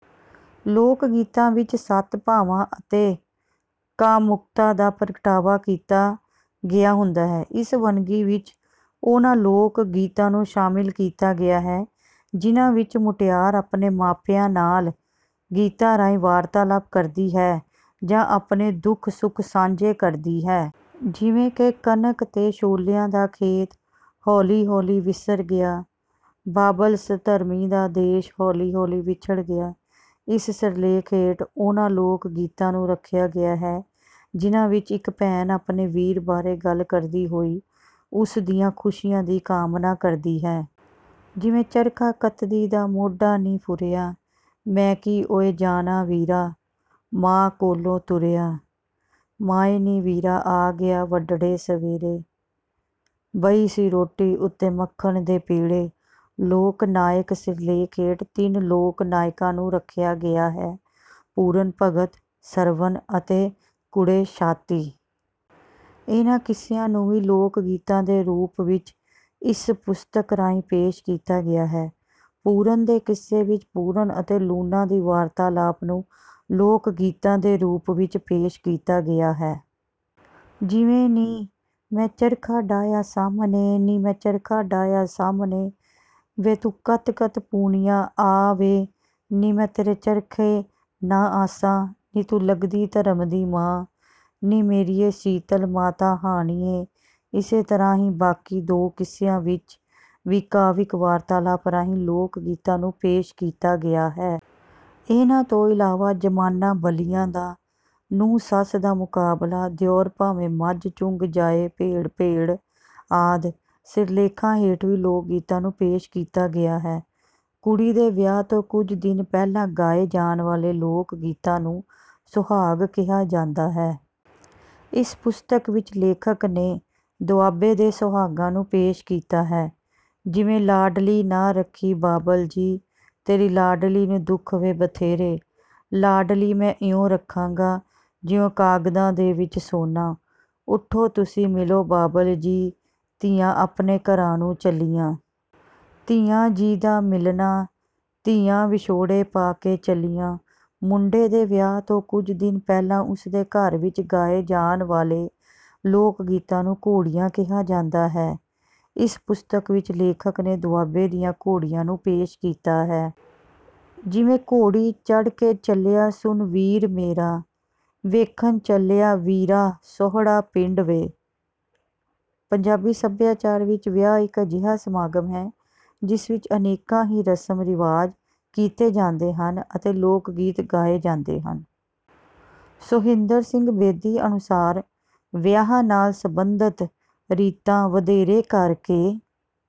ਲੋਕ ਗੀਤਾਂ ਵਿੱਚ ਸੱਤ ਭਾਵਾਂ ਅਤੇ ਕਾਮੁਕਤਾ ਦਾ ਪ੍ਰਗਟਾਵਾ ਕੀਤਾ ਗਿਆ ਹੁੰਦਾ ਹੈ। ਇਸ ਵੰਨਗੀ ਵਿੱਚ ਉਹਨਾਂ ਲੋਕ ਗੀਤਾਂ ਨੂੰ ਸ਼ਾਮਲ ਕੀਤਾ ਗਿਆ ਹੈ, ਜਿਨ੍ਹਾਂ ਵਿੱਚ ਮੁਟਿਆਰ ਆਪਣੇ ਮਾਪਿਆਂ ਨਾਲ ਗੀਤਾਂ ਰਾਹੀਂ ਵਾਰਤਾਲਾਪ ਕਰਦੀ ਹੈ ਜਾਂ ਆਪਣੇ ਦੁੱਖ-ਸੁੱਖ ਸਾਂਝੇ ਕਰਦੀ ਹੈ। ਜਿਵੇਂ ਕਿ ਕਣਕ ਤੇ ਛੋਲਿਆਂ ਦਾ ਖੇਤ, ਹੌਲੀ-ਹੌਲੀ ਵਿਸਰ ਗਿਆ। ਬਾਬਲ ਸਧਰਮੀ ਦਾ ਦੇਸ਼, ਹੌਲੀ-ਹੌਲੀ ਵਿਛੜ ਗਿਆ। ਇਸ ਸਿਰਲੇਖ ਹੇਠ ਉਹਨਾਂ ਲੋਕ ਗੀਤਾਂ ਨੂੰ ਰੱਖਿਆ ਗਿਆ ਹੈ, ਜਿਨ੍ਹਾਂ ਵਿੱਚ ਇੱਕ ਭੈਣ ਆਪਣੇ ਵੀਰ ਬਾਰੇ ਗੱਲ ਕਰਦੀ ਹੋਈ ਉਸ ਦੀਆਂ ਖੁਸ਼ੀਆਂ ਦੀ ਕਾਮਨਾ ਕਰਦੀ ਹੈ। ਜਿਵੇਂ ਚਰਖਾ ਕੱਤਦੀ ਦਾ ਮੋਢਾ ਨੀ ਫੁਰਿਆ, ਮੈਂ ਕੀ ਓ ਜਾਣਾ ਵੀਰਾ, ਮਾਂ ਕੋਲੋਂ ਤੁਰਿਆ। ਮਾਏ ਨੀ ਵੀਰਾ ਆ ਗਿਆ ਵੱਡੜੇ ਸਵੇਰੇ, ਬਹੀ ਸੀ ਰੋਟੀ ਉੱਤੇ ਮੱਖਣ ਦੇ ਪੇੜੇ। ਲੋਕ ਨਾਇਕ ਸਿਰਲੇਖ ਹੇਠ ਤਿੰਨ ਲੋਕ ਨਾਇਕਾਂ ਨੂੰ ਰੱਖਿਆ ਗਿਆ ਹੈ ਪੂਰਨ ਭਗਤ ,ਸਰਵਣ ਅਤੇ ਕੁੜੇ ਸ਼ਾਤੀ। ਇਹਨਾਂ ਕਿੱਸਿਆਂ ਨੂੰ ਵੀ ਲੋਕ ਗੀਤਾਂ ਦੇ ਰੂਪ ਵਿੱਚ ਇਸ ਪੁਸਤਕ ਰਾਹੀਂ ਪੇਸ਼ ਕੀਤਾ ਗਿਆ ਹੈ। ਪੂਰਨ ਦੇ ਕਿੱਸੇ ਵਿੱਚ ਪੂਰਨ ਅਤੇ ਲੂਣਾ ਦੀ ਵਾਰਤਾਲਾਪ ਨੂੰ ਲੋਕ ਗੀਤਾਂ ਦੇ ਰੂਪ ਵਿੱਚ ਪੇਸ਼ ਕੀਤਾ ਗਿਆ ਹੈ। ਜਿਵੇਂ ਨੀ ਮੈਂ ਚਰਖਾ ਡਾਇਆ ਸਾਹਮਣੇ, ਨੀ ਮੈਂ ਚਰਖਾ ਡਾਇਆ ਸਾਹਮਣੇ। ਵੇ ਤੂੰ ਕੱਤ-ਕੱਤ ਪੂਣੀਆਂ ਆ ਵੇ, ਨੀ ਮੈਂ ਤੇਰੇ ਚਰਖੇ ਨਾ ਆਸਾਂ। ਨੀ ਤੂੰ ਲੱਗਦੀ ਧਰਮ ਦੀ ਮਾਂ, ਨੀ ਮੇਰੀਏ ਸ਼ੀਤਲ ਮਾਤਾ ਹਾਣੀਏ ਇਸੇ ਤਰ੍ਹਾਂ ਹੀ ਬਾਕੀ ਦੋ ਕਿੱਸਿਆਂ ਵਿੱਚ ਵੀ ਕਾਵਿਕ ਵਾਰਤਾਲਾਪ ਰਾਹੀਂ ਲੋਕ ਗੀਤਾਂ ਨੂੰ ਪੇਸ਼ ਕੀਤਾ ਗਿਆ ਹੈ। ਇਹਨਾਂ ਤੋਂ ਇਲਾਵਾ ਜ਼ਮਾਨਾ ਬਲੀਆਂ ਦਾ, ਨੂੰਹ-ਸੱਸ ਦਾ ਮੁਕਾਬਲਾ, ਦਿਉਰ ਭਾਵੇਂ ਮੱਝ ਚੁੰਗ ਜਾਏ, ਭੇੜ-ਭੇੜ ਆਦਿ ਸਿਰਲੇਖਾਂ ਹੇਠ ਵੀ ਲੋਕ ਗੀਤਾਂ ਨੂੰ ਪੇਸ਼ ਕੀਤਾ ਗਿਆ ਹੈ। ਕੁੜੀ ਦੇ ਵਿਆਹ ਤੋਂ ਕੁਝ ਦਿਨ ਪਹਿਲਾਂ ਗਾਏ ਜਾਣ ਵਾਲੇ ਲੋਕ ਗੀਤਾਂ ਨੂੰ ਸੁਹਾਗ ਕਿਹਾ ਜਾਂਦਾ ਹੈ। ਇਸ ਪੁਸਤਕ ਵਿੱਚ ਲੇਖਕ ਨੇ ਦੁਆਬੇ ਦੇ ਸੁਹਾਗਾਂ ਨੂੰ ਪੇਸ਼ ਕੀਤਾ ਹੈ। ਜਿਵੇਂ ਲਾਡਲੀ ਨਾਂ ਰੱਖੀ ਬਾਬਲ ਜੀ, ਤੇਰੀ ਲਾਡਲੀ ਨੇ ਦੁੱਖ ਵੇ ਬਥੇਰੇ। ਲਾਡਲੀ ਮੈਂ ਇਉਂ ਰੱਖਾਂਗਾ, ਜਿਉਂ ਕਾਂਗਦਾ ਦੇ ਵਿੱਚ ਸੋਨਾ। ਉੱਠੋ ਤੁਸੀਂ ਮਿਲੋ ਬਾਬਲ ਜੀ, ਧੀਆਂ ਆਪਣੇ ਘਰਾਂ ਨੂੰ ਚੱਲੀਆਂ। ਧੀਆਂ ਜੀ ਦਾ ਮਿਲਣਾ, ਧੀਆਂ ਵਿਛੋੜੇ ਪਾ ਕੇ ਚੱਲੀਆਂ। ਮੁੰਡੇ ਦੇ ਵਿਆਹ ਤੋਂ ਕੁਝ ਦਿਨ ਪਹਿਲਾਂ ਉਸ ਦੇ ਘਰ ਵਿੱਚ ਗਾਏ ਜਾਣ ਵਾਲੇ ਲੋਕ ਗੀਤਾਂ ਨੂੰ ਘੋੜੀਆਂ ਕਿਹਾ ਜਾਂਦਾ ਹੈ। ਇਸ ਪੁਸਤਕ ਵਿੱਚ ਲੇਖਕ ਨੇ ਦੁਆਬੇ ਦੀਆਂ ਘੋੜੀਆਂ ਨੂੰ ਪੇਸ਼ ਕੀਤਾ ਹੈ। ਜਿਵੇਂ ਘੋੜੀ ਚੜ੍ਹ ਕੇ ਚੱਲਿਆ ਸੁਣ ਵੀਰ ਮੇਰਾ, ਵੇਖਣ ਚੱਲਿਆ ਵੀਰਾ ਸੌਹਰੜਾ ਪਿੰਡ ਵੇ। ਪੰਜਾਬੀ ਸੱਭਿਆਚਾਰ ਵਿੱਚ ਵਿਆਹ ਇੱਕ ਅਜਿਹਾ ਸਮਾਗਮ ਹੈ, ਜਿਸ ਵਿੱਚ ਅਨੇਕਾਂ ਹੀ ਰਸਮ-ਰਿਵਾਜ਼ ਕੀਤੇ ਜਾਂਦੇ ਹਨ ਅਤੇ ਲੋਕ ਗੀਤ ਗਾਏ ਜਾਂਦੇ ਹਨ। ਸੋਹਿੰਦਰ ਸਿੰਘ ਬੇਦੀ ਅਨੁਸਾਰ, ਵਿਆਹ ਨਾਲ ਸਬੰਧਤ ਰੀਤਾਂ ਵਧੇਰੇ ਕਰਕੇ…